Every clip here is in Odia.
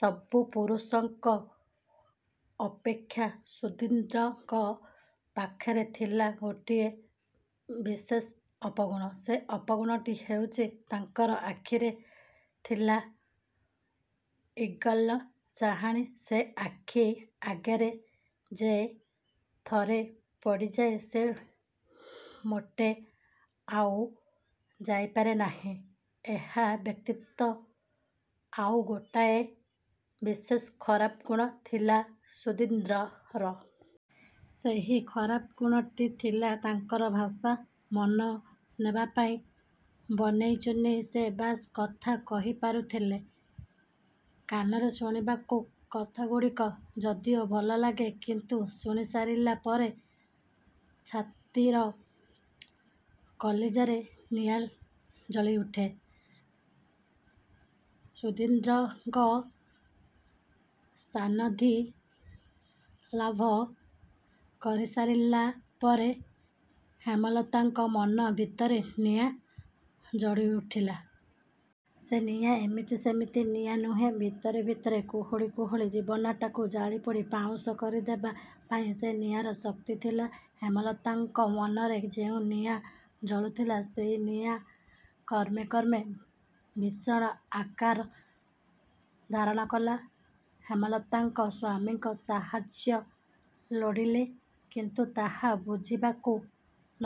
ସବୁ ପୁରୁଷଙ୍କ ଅପେକ୍ଷା ସୁଧୀନ୍ଦ୍ରଙ୍କ ପାଖରେ ଥିଲା ଗୋଟାଏ ବିଶେଷ ଅପଗୁଣ। ସେ ଅପଗୁଣଟି ହେଉଛି ତାଙ୍କର ଆଖିରେ ଥିଲା ଇଗଲର ଚାହାଣି। ସେ ଆଖି ଆଗରେ ଯେ ଥରେ ପଡ଼ିଯାଏ ସେ ମୋଟେ ଆଉ ଯାଇପାରେ ନାହିଁ। ଏହା ବ୍ୟତୀତ ଆଉ ଗୋଟାଏ ବିଶେଷ ଖରାପ ଗୁଣ ଥିଲା ସୁଧୀନ୍ଦ୍ରର। ସେହି ଖରାପ ଗୁଣଟି ଥିଲା ତାଙ୍କର ଭାଷା। ମନ ନେବାପାଇଁ ବନେଇ ଚୁନେଇ ସେ ବେଶ୍ କଥା କହିପାରୁଥିଲେ। କାନରେ ଶୁଣିବାକୁ କଥାଗୁଡ଼ିକ ଯଦିଓ ଭଲଲାଗେ; କିନ୍ତୁ ଶୁଣିସାରିଲା ପରେ ଛାତିର କଳିଜାରେ ନିଆଁ ଜଳିଉଠେ। ସୁଧୀନ୍ଦ୍ରଙ୍କ ସାନିଧ୍ୟ ଲାଭ କରିସାରିଲା ପରେ ହେମଲତାଙ୍କ ମନ ଭିତରେ ନିଆଁ ଜଳିଉଠିଲା। ସେ ନିଆଁ ଏମିତି ସେମିତି ନିଆଁ ନୁହେଁ। ଭିତରେ ଭିତରେ କୁହୁଳି କୁହୁଳି ଜୀବନଟାକୁ ଜାଳିପୋଡ଼ି ପାଉଁଶ କରିଦେବା ପାଇଁ ସେ ନିଆଁର ଶକ୍ତି ଥିଲା। ହେମଲତାଙ୍କ ମନରେ ଯେଉଁ ନିଆଁ ଜଳୁଥିଲା, ସେହି ନିଆଁ କ୍ରମେ କ୍ରମେ ଭୀଷଣ ଆକାର ଧାରଣ କଲା। ହେମଲତା ସ୍ୱାମୀଙ୍କ ସାହଚର୍ଯ୍ୟ ଲୋଡ଼ିଲେ; କିନ୍ତୁ ତାହା ବୁଝିବାକୁ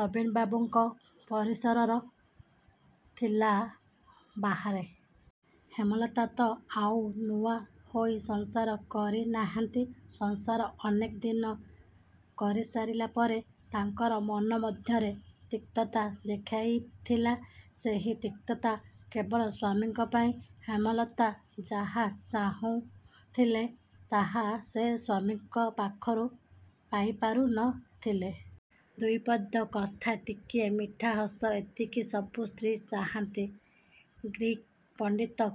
ନବୀନବାବୁଙ୍କ ପରିସରର ଥିଲା ବାହାରେ। ହେମଲତା ତ ଆଉ ନୂଆ ହୋଇ ସଂସାର କରି ନାହାନ୍ତି। ସଂସାର ଅନେକ ଦିନ କରିସାରିଲା ପରେ ତାଙ୍କର ମନ ମଧ୍ୟରେ ତିକ୍ତତା ଦେଖାଦେଇଥିଲା। ସେହି ତିକ୍ତତା କେବଳ ସ୍ୱାମୀଙ୍କ ପାଇଁ। ହେମଲତା ଯାହା ଚାହୁଁଥିଲେ, ତାହା ସେ ସ୍ୱାମୀଙ୍କ ପାଖରୁ ପାଇପାରୁ ନ ଥିଲେ। ଦୁଇପଦ କଥା, ଟିକିଏ ମିଠାହସ ଏତିକି ସବୁ ସ୍ତ୍ରୀ ଚାହାଁନ୍ତି। ଗ୍ରୀକ୍ ପଣ୍ଡିତ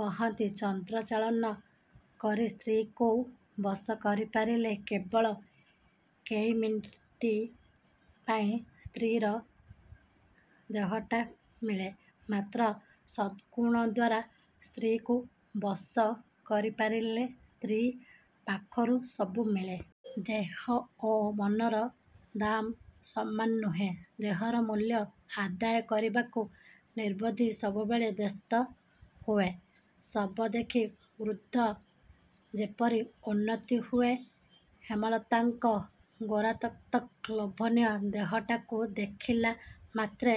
କହନ୍ତି, ଚନ୍ଦ୍ର ଚାଳନା କରି ସ୍ତ୍ରୀକୁ ବଶ କରିପାରିଲେ କେବଳ କେଇ ମିନିଟ୍ ପାଇଁ ସ୍ତ୍ରୀର ଦେହଟା ମିଳେ। ମାତ୍ର ସଦ୍ଗୁଣଦ୍ୱାରା ସ୍ତ୍ରୀକୁ ବଶ କରିପାରିଲେ ସ୍ତ୍ରୀ ପାଖରୁ ସବୁ ମିଳେ। ଦେହ ଓ ମନର ଦାମ ସମାନ ନୁହେଁ। ଦେହର ମୂଲ୍ୟ ଆଦାୟ କରିବାକୁ ନିର୍ବୋଧ ସବୁବେଳେ ବ୍ୟସ୍ତ ହୁଏ। ଶବ ଦେଖି ଗୃଧ୍ର ଯେପରି ଉନ୍ମତ୍ତ ହୁଏ, ହେମଲତାଙ୍କ ଗୋରା ତକତକ ଲୋଭନୀୟ ଦେହଟାକୁ ଦେଖିଲା ମାତ୍ରେ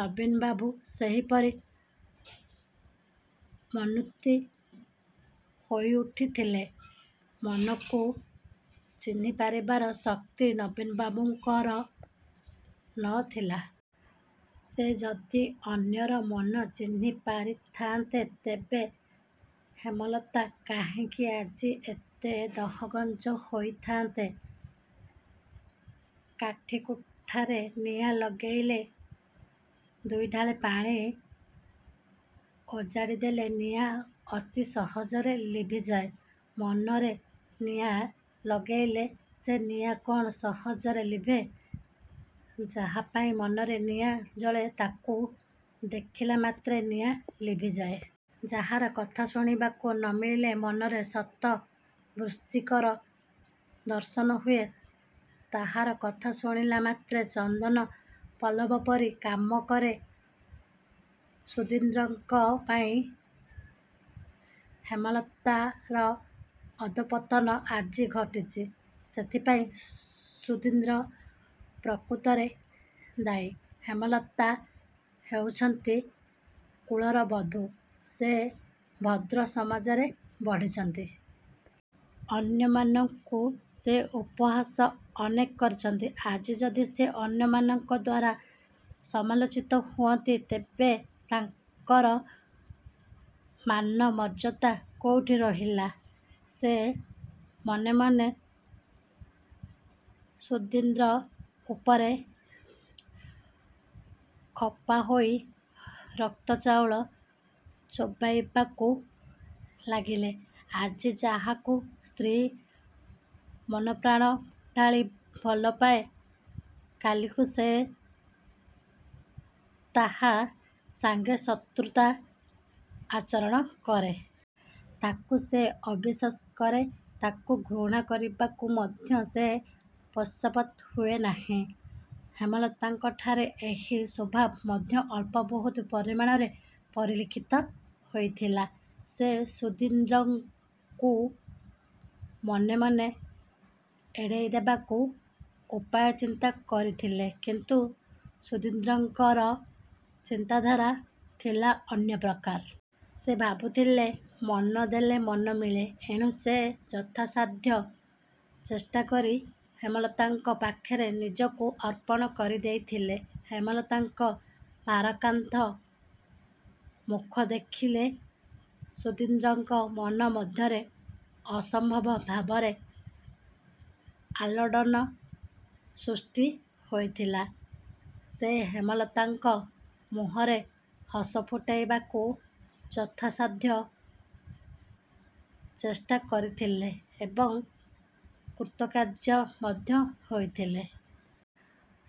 ନବୀନବାବୁ ସେହିପରି ମନ୍ମତ୍ତ ହୋଇଉଠୁଥିଲେ। ମନକୁ ଚିହ୍ନିପାରିବାର ଶକ୍ତି ନବୀନବାବୁଙ୍କର ନ ଥିଲା। ସେ ଯଦି ଅନ୍ୟର ମନ ଚିହ୍ନି ପାରୁଥାନ୍ତେ, ତେବେ ହେମଲତା କାହିଁକି ଆଜି ଏତେ ଦହଗଞ୍ଜ ହେଉଥାନ୍ତେ। କାଠିକୁଟାରେ ନିଆଁ ଲାଗିଲେ ଦୁଇଢାଳ ପାଣି ଓଜାଡ଼ିଦେଲେ ନିଆଁ ଅତି ସହଜରେ ଲିଭିଯାଏ। ମନରେ ନିଆଁ ଲାଗିଲେ ସେ ନିଆଁ କ'ଣ ସହଜରେ ଲିଭେ? ଯାହାପାଇଁ ମନରେ ନିଆଁ ଜଳେ; ତାକୁ ଦେଖିଲା ମାତ୍ରେ ନିଆଁ ଲିଭିଯାଏ। ଯାହାର କଥା ଶୁଣିବାକୁ ନ ମିଳିଲେ ମନରେ ଶତ ବୃଶ୍ଚିକର ଦଂଶନ ହୁଏ, ତାହାର କଥା ଶୁଣିଲାମାତ୍ରେ ଚନ୍ଦନ ପ୍ରଲେପପରି କାମ କରେ। ସୁଧୀନ୍ଦ୍ରଙ୍କ ପାଇଁ ହେମଲତାର ଅଧଃପତନ ଆଜି ଘଟିଛି। ସେଥିପାଇଁ ସୁଧୀନ୍ଦ୍ର ପ୍ରକୃତରେ ଦାୟୀ। ହେମଲତା ହେଉଛନ୍ତି କୁଳର ବୋହୂ। ସେ ଭଦ୍ର ସମାଜରେ ବଢ଼ିଛନ୍ତି। ଅନ୍ୟମାନଙ୍କୁ ସେ ଉପହାସ ଅନେକ କରିଛନ୍ତି। ଆଜି ଯଦି ସେ ଅନ୍ୟମାନଙ୍କଦ୍ୱାରା ସମାଲୋଚିତ ହୁଅନ୍ତି, ତେବେ ତାଙ୍କର ମାନ, ମର୍ଯ୍ୟାଦା କେଉଁଠି ରହିଲା? ସେ ମନେମନେ ସୁଧୀନ୍ଦ୍ର ଉପରେ ଖପାହୋଇ ରକ୍ତଚାଉଳ ଚୋବାଇବାକୁ ଲାଗିଲେ। ଆଜି ଯାହାକୁ ସ୍ତ୍ରୀ ମନପ୍ରାଣ ଢାଳି ଭଲପାଏ, କାଲିକୁ ସେ ତାହା ସଙ୍ଗେ ଶତ୍ରୁତା ଆଚରଣ କରେ। ତାକୁ ସେ ଅବିଶ୍ୱାସ କରେ। ତାକୁ ଘୃଣା କରିବାକୁ ମଧ୍ୟ ସେ ପଶ୍ଚାତ୍ପଦ ହୁଏ ନାହିଁ। ହେମଲତାଙ୍କଠାରେ ଏହି ସ୍ୱଭାବ ମଧ୍ୟ ଅଳ୍ପ ବହୁତ ପରିମାଣରେ ପରିଲକ୍ଷିତ ହୋଇଥିଲା। ସେ ସୁଧୀନ୍ଦ୍ରକୁ ମନେମନେ ଏଡ଼ିଦେବାକୁ ଉପାୟ ଚିନ୍ତା କରୁଥିଲେ। କିନ୍ତୁ ସୁଧୀନ୍ଦ୍ରଙ୍କର ଚିନ୍ତାଧାରା ଥିଲା ଅନ୍ୟପ୍ରକାର। ସେ ଭାବୁଥିଲେ ମନ ଦେଲେ ମନ ମିଳେ। ଏଣୁ ସେ ଯଥାସାଧ୍ୟ ଚେଷ୍ଟାକରି ହେମଲତାଙ୍କ ପାଖରେ ନିଜକୁ ଅର୍ପଣ କରିଦେଇଥିଲେ। ହେମଲତାଙ୍କ ଭାରାକ୍ରାନ୍ତ ମୁଖ ଦେଖିଲେ ସୁଧୀନ୍ଦ୍ରଙ୍କ ମନ ମଧ୍ୟରେ ଅସମ୍ଭବ ଭାବରେ ଆଲୋଡ଼ନ ସୃଷ୍ଟି ହେଉଥିଲା। ସେ ହେମଲତାଙ୍କ ମୁହଁରେ ହସଫୁଟାଇବାକୁ ଯଥାସାଧ୍ୟ ଚେଷ୍ଟା କରୁଥିଲେ ଏବଂ କୃତକାର୍ଯ୍ୟ ମଧ୍ୟ ହେଉଥିଲେ।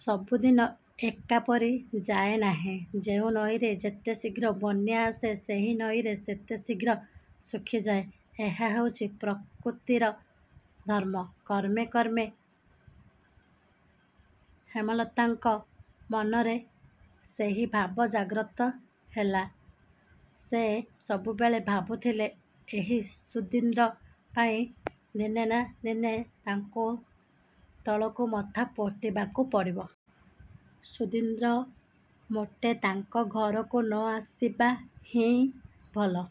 ସବୁଦିନ ଏକାପରି ଯାଏନାହିଁ। ଯେଉଁ ନଈରେ ଯେତେ ଶୀଘ୍ର ବନ୍ୟା ଆସେ, ସେହି ନଈ ସେତେ ଶୀଘ୍ର ଶୁଖିଯାଏ। ଏହା ହେଉଛି ପ୍ରକୃତିର ଧର୍ମ। କ୍ରମେ କ୍ରମେ ହେମଲତାଙ୍କ ମନରେ ସେହି ଭାବ ଜାଗ୍ରତ ହେଲା। ସେ ସବୁବେଳେ ଭାବୁଥିଲେ ଏହି ସୁଧୀନ୍ଦ୍ର ପାଇଁ ଦିନେ ନା ଦିନେ ତାଙ୍କୁ ତଳକୁ ମଥା ପୋତିବାକୁ ପଡ଼ିବ। ସୁଧୀନ୍ଦ୍ର ମୋଟେ ତାଙ୍କ ଘରକୁ ନ ଆସିବା ହିଁ ଭଲ।